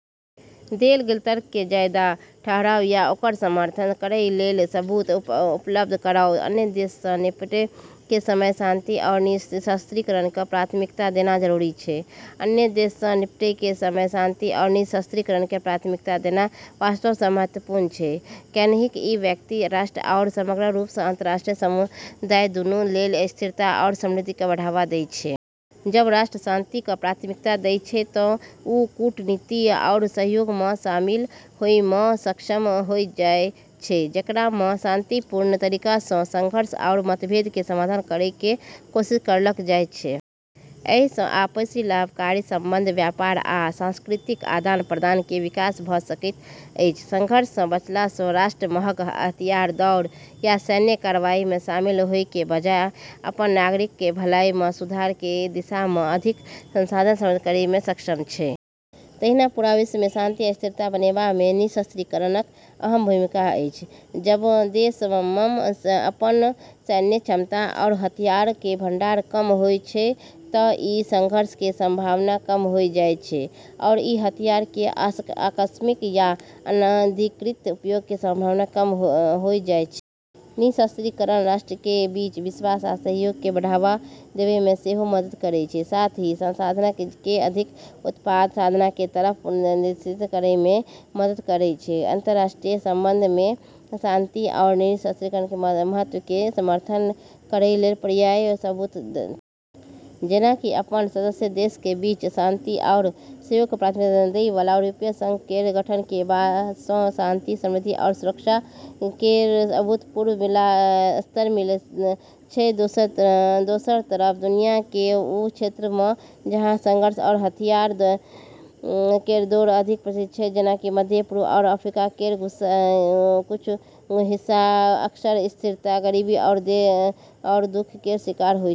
देल गेल तर्क के जायज ठहराउ आ ओकर समर्थन करय लेल सबूत उपलब्ध कराउ। अन्य देशऽ स॑ निपटै के समय शांति आरू निरस्त्रीकरण क॑ प्राथमिकता देना जरूरी छै। अन्य देशऽ स॑ निपटै के समय शांति आरू निरस्त्रीकरण क॑ प्राथमिकता देना वास्तव म॑ महत्वपूर्ण छै, कैन्हेंकि ई व्यक्तिगत राष्ट्र आरू समग्र रूप स॑ अंतरराष्ट्रीय समुदाय दूनू लेली स्थिरता आरू समृद्धि क॑ बढ़ावा दै छै। जब॑ राष्ट्र शांति क॑ प्राथमिकता दै छै त॑ वू कूटनीति आरू सहयोग म॑ शामिल होय म॑ सक्षम होय जाय छै, जेकरा म॑ शांतिपूर्ण तरीका स॑ संघर्ष आरू मतभेद के समाधान करै के कोशिश करलऽ जाय छै। एहि सं आपसी लाभकारी संबंध, व्यापार, आ सांस्कृतिक आदान-प्रदान के विकास भ सकैत अछि. संघर्ष स॑ बचला स॑ राष्ट्र महग हथियार दौड़ या सैन्य कार्रवाई म॑ शामिल होय के बजाय, अपनऽ नागरिकऽ के भलाई म॑ सुधार के दिशा म॑ अधिक संसाधन समर्पित करै म॑ सक्षम छै। तहिना पूरा विश्व मे शांति आ स्थिरता बनेबा मे निरस्त्रीकरणक अहम भूमिका अछि। जब॑ देशऽ म॑ अपनऽ सैन्य क्षमता आरू हथियारऽ के भंडार कम होय जाय छै त॑ ई स॑ संघर्ष के संभावना कम होय जाय छै आरू ई हथियारऽ के आकस्मिक या अनधिकृत उपयोग के संभावना कम होय जाय छै। निरस्त्रीकरण राष्ट्रक कें बीच विश्वास आ सहयोग कें बढ़ावा देवय मे सेहो मदद करय छै, साथ ही संसाधनक कें अधिक उत्पादक साधना कें तरफ पुनर्निर्देशित करय मे मदद करय छै. अंतरराष्ट्रीय संबंधऽ म॑ शांति आरू निरस्त्रीकरण के महत्व के समर्थन करै लेली पर्याप्त सबूत छै। जेना कि अपनऽ सदस्य देशऽ के बीच शांति आरू सहयोग क॑ प्राथमिकता दै वाला यूरोपीय संघ केरऽ गठन के बाद स॑ ही शांति, समृद्धि आरू सुरक्षा केरऽ अभूतपूर्व स्तर मिललऽ छै। दोसरऽ तरफ दुनिया केरऽ वू क्षेत्रऽ म॑ जहाँ संघर्ष आरू हथियार केरऽ दौड़ अधिक प्रचलित छै, जेना कि मध्य पूर्व आरू अफ्रीका केरऽ कुछ हिस्सा, अक्सर अस्थिरता, गरीबी आरू दुख केरऽ शिकार होय छै।